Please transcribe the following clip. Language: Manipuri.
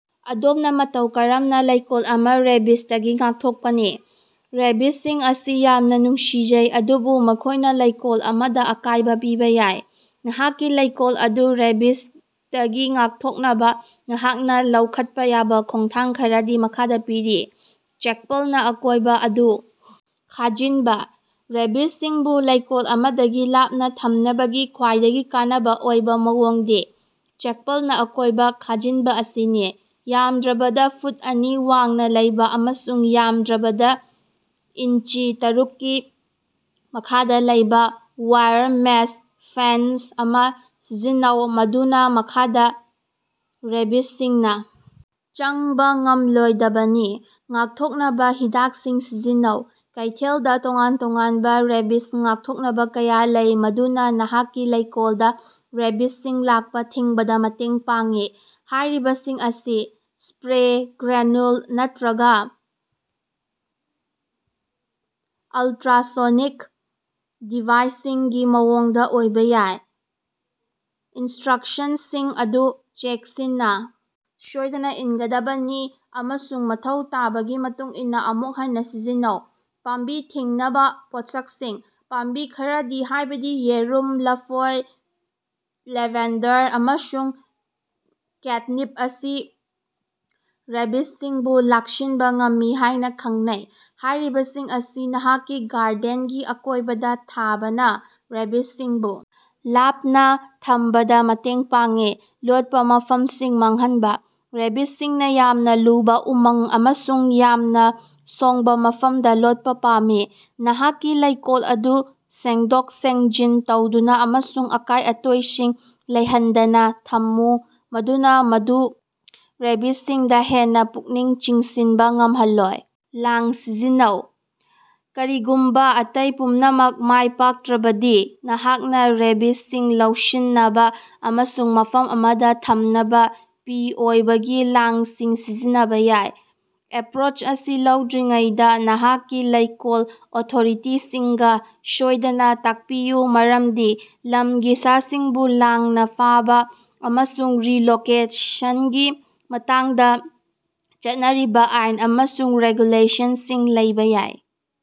ꯑꯗꯣꯝꯅꯥ ꯃꯇꯧ ꯀꯔꯝꯅꯥ ꯂꯩꯀꯣꯜ ꯑꯃꯥ ꯔꯦꯕꯤꯖꯗꯒꯤ ꯉꯥꯛꯊꯣꯛꯀꯅꯤ? ꯔꯦꯕꯤꯖꯁꯤꯡ ꯑꯁꯤ ꯌꯥꯝꯅꯥ ꯅꯨꯡꯁꯤꯖꯩ ꯑꯗꯨꯕꯨ ꯃꯈꯣꯢꯅ ꯂꯩꯀꯣꯜ ꯑꯃꯗ ꯑꯀꯥꯢꯕꯥ ꯄꯤꯕꯥ ꯌꯥꯏ꯫ ꯅꯍꯥꯛꯀꯤ ꯂꯣꯀꯦꯜ ꯑꯗꯨ ꯔꯦꯕꯤꯖꯗꯒꯤ ꯉꯥꯛꯊꯣꯛꯅꯕꯥ ꯅꯍꯥꯛꯅꯥ ꯂꯧꯈꯠꯄꯥ ꯌꯥꯕꯥ ꯈꯣꯡꯊꯥꯡ ꯈꯔꯗꯤ ꯃꯈꯥꯗꯥ ꯄꯤꯔꯤ: ꯆꯦꯛꯄꯜꯅ ꯑꯀꯣꯏꯕ ꯑꯗꯨ ꯈꯥꯖꯥꯟꯕ: ꯔꯦꯕꯤꯖꯁꯤꯡꯕꯨ ꯂꯣꯀꯦꯜ ꯑꯃꯗꯒꯤ ꯂꯥꯞꯅꯥ ꯊꯝꯅꯕꯒꯤ ꯈ꯭ꯋꯥꯏꯗꯒꯤ ꯀꯥꯟꯅꯕ ꯑꯣꯏꯕ ꯃꯑꯣꯡꯗꯤ ꯆꯦꯛꯄꯜꯅ ꯀꯣꯏꯅ ꯈꯥꯖꯤꯟꯕ ꯑꯁꯤꯅꯤ꯫ ꯌꯥꯝꯗ꯭ꯔꯕꯗꯥ ꯐꯨꯠ ꯑꯅꯤ ꯋꯥꯡꯅꯥ ꯂꯩꯕꯥ ꯑꯃꯁꯨꯡ ꯌꯥꯃꯗ꯭ꯔꯕꯗꯥ ꯏꯟꯆꯤ ꯇꯔꯨꯛꯀꯤ ꯃꯈꯥꯗ ꯂꯩꯕ ꯋꯥꯏꯔ ꯃꯦꯁ ꯐꯦꯟꯁ ꯑꯃꯥ ꯁꯤꯖꯤꯟꯅꯧ ꯃꯗꯨꯅꯥ ꯃꯈꯥꯗ ꯔꯦꯕꯤꯖꯁꯤꯡꯅꯥ ꯆꯪꯕ ꯉꯝꯂꯣꯏꯗꯕꯅꯤ꯫ ꯉꯥꯛꯊꯣꯛꯅꯕ ꯍꯤꯗꯥꯛꯁꯤꯡ ꯁꯤꯖꯤꯟꯅꯧ: ꯀꯩꯊꯦꯜꯗꯥ ꯇꯣꯉꯥꯟ-ꯇꯣꯉꯥꯟꯕ ꯔꯦꯕꯤꯖ ꯉꯥꯛꯊꯣꯛꯅꯕ ꯀꯌꯥ ꯂꯩ ꯃꯗꯨꯅꯥ ꯅꯍꯥꯛꯀꯤ ꯂꯣꯀꯦꯜ ꯗ ꯔꯦꯕꯤꯖꯁꯤꯡ ꯂꯥꯛꯄ ꯊꯤꯡꯕꯗ ꯃꯇꯦꯡ ꯄꯥꯡꯏ꯫ ꯍꯥꯢꯔꯤꯕꯁꯤꯡ ꯑꯁꯤ ꯁꯄ꯭ꯔꯦ, ꯒ꯭ꯔꯦꯅꯨꯜ ꯅꯠꯇ꯭ꯔꯒ ꯑꯂꯇ꯭ꯔꯥꯁꯣꯅꯤꯛ ꯗꯤꯚꯥꯏꯁꯁꯤꯡꯒꯤ ꯃꯑꯣꯡꯗ ꯑꯣꯏꯕꯥ ꯌꯥꯏ꯫ ꯏꯟꯁꯇ꯭ꯔꯛꯁꯟꯁꯤꯡ ꯑꯗꯨ ꯆꯦꯛꯁꯤꯟꯅ ꯁꯣꯢꯗꯅ ꯏꯅꯒꯗꯕꯅꯤ ꯑꯃꯁꯨꯡ ꯃꯊꯧ ꯇꯥꯕꯒꯤ ꯃꯇꯨꯡꯏꯟꯅꯥ ꯑꯃꯨꯛ ꯍꯟꯅꯥ ꯁꯤꯖꯤꯟꯅꯧ꯫ ꯄꯥꯝꯕꯤ ꯊꯤꯡꯅꯕ ꯄꯣꯠꯁꯛꯁꯤꯡ: ꯄꯥꯝꯕꯤ ꯈꯔꯗꯤ ꯍꯥꯢꯕꯗꯤ ꯌꯦꯔꯨꯝ, ꯂꯐꯣꯏ, ꯂꯦꯚꯦꯟꯗꯔ ꯑꯃꯁꯨꯡ ꯀꯦꯠꯅꯤꯞ ꯑꯁꯤ ꯔꯦꯕꯤꯖꯁꯤꯡꯕꯨ ꯂꯥꯛꯁꯤꯟꯕ ꯉꯝꯃꯤ ꯍꯥꯢꯅ ꯈꯪꯅꯩ꯫ ꯍꯥꯢꯔꯤꯕꯁꯤꯡ ꯑꯁꯤ ꯅꯍꯥꯛꯀꯤ ꯒꯥꯔꯗꯦꯟꯒꯤ ꯑꯀꯣꯢꯕꯗ ꯊꯥꯕꯅ ꯔꯦꯕꯤꯖꯁꯤꯡꯕꯨ ꯂꯥꯞꯅ ꯊꯝꯕꯗꯥ ꯃꯇꯦꯡ ꯄꯥꯡꯏ꯫ ꯂꯣꯠꯄꯥ ꯃꯐꯝꯁꯤꯡ ꯃꯥꯡꯍꯟꯕ: ꯔꯦꯕꯤꯖꯁꯤꯡꯅ ꯌꯥꯝꯅ ꯂꯨꯕꯥ ꯎꯃꯪ ꯑꯃꯁꯨꯡ ꯌꯥꯝꯅ ꯁꯣꯡꯕ ꯃꯐꯝꯗ ꯂꯣꯠꯄꯥ ꯄꯥꯝꯃꯤ꯫ ꯅꯍꯥꯛꯀꯤ ꯂꯣꯀꯦꯜ ꯑꯗꯨ ꯁꯦꯡꯗꯣꯛ-ꯁꯦꯡꯖꯤꯟ ꯇꯧꯗꯨꯅ ꯑꯃꯁꯨꯡ ꯑꯀꯥꯢ-ꯑꯇꯣꯢꯁꯤꯡ ꯂꯩꯍꯟꯗꯅ ꯊꯝꯃꯨ ꯃꯗꯨꯅ ꯃꯗꯨ ꯔꯦꯕꯤꯖꯁꯤꯡꯗ ꯍꯦꯟꯅ ꯄꯨꯛꯅꯤꯡ ꯆꯤꯡꯁꯤꯟꯕ ꯉꯝꯍꯜꯂꯣꯏ꯫ ꯂꯥꯡ ꯁꯤꯖꯤꯟꯅꯧ: ꯀꯔꯤꯒꯨꯝꯕꯥ ꯑꯇꯩ ꯄꯨꯝꯅꯃꯛ ꯃꯥꯢꯄꯥꯛꯇ꯭ꯔꯕꯗꯤ ꯅꯍꯥꯛꯅ ꯔꯦꯕꯤꯖꯁꯤꯡ ꯂꯧꯁꯤꯟꯅꯕ ꯑꯃꯁꯨꯡ ꯃꯐꯝ ꯑꯃꯗ ꯊꯝꯅꯕ ꯄꯤꯑꯣꯏꯕꯒꯤ ꯂꯥꯡꯁꯤꯡ ꯁꯤꯖꯤꯟꯅꯕꯥ ꯌꯥꯏ꯫ ꯑꯦꯄ꯭ꯔꯣꯆ ꯑꯁꯤ ꯂꯧꯗ꯭ꯔꯤꯉꯩꯗꯥ ꯅꯍꯥꯛꯀꯤ ꯂꯣꯀꯦꯜ ꯑꯣꯊꯣꯔꯤꯇꯤꯁꯤꯡꯒ ꯁꯣꯢꯗꯅꯥ ꯇꯥꯛꯄꯤꯌꯨ ꯃꯔꯝꯗꯤ ꯂꯝꯒꯤ ꯁꯥꯁꯤꯡꯕꯨ ꯂꯥꯡꯅ ꯐꯥꯕ ꯑꯃꯁꯨꯡ ꯔꯤꯂꯣꯀꯦꯁꯟꯒꯤ ꯃꯇꯥꯡꯗ ꯆꯠꯅꯔꯤꯕꯥ ꯑꯥꯏꯟ ꯑꯃꯁꯨꯡ ꯔꯦꯒꯨꯂꯦꯁꯟꯁꯤꯡ ꯂꯩꯕꯥ ꯌꯥꯏ꯫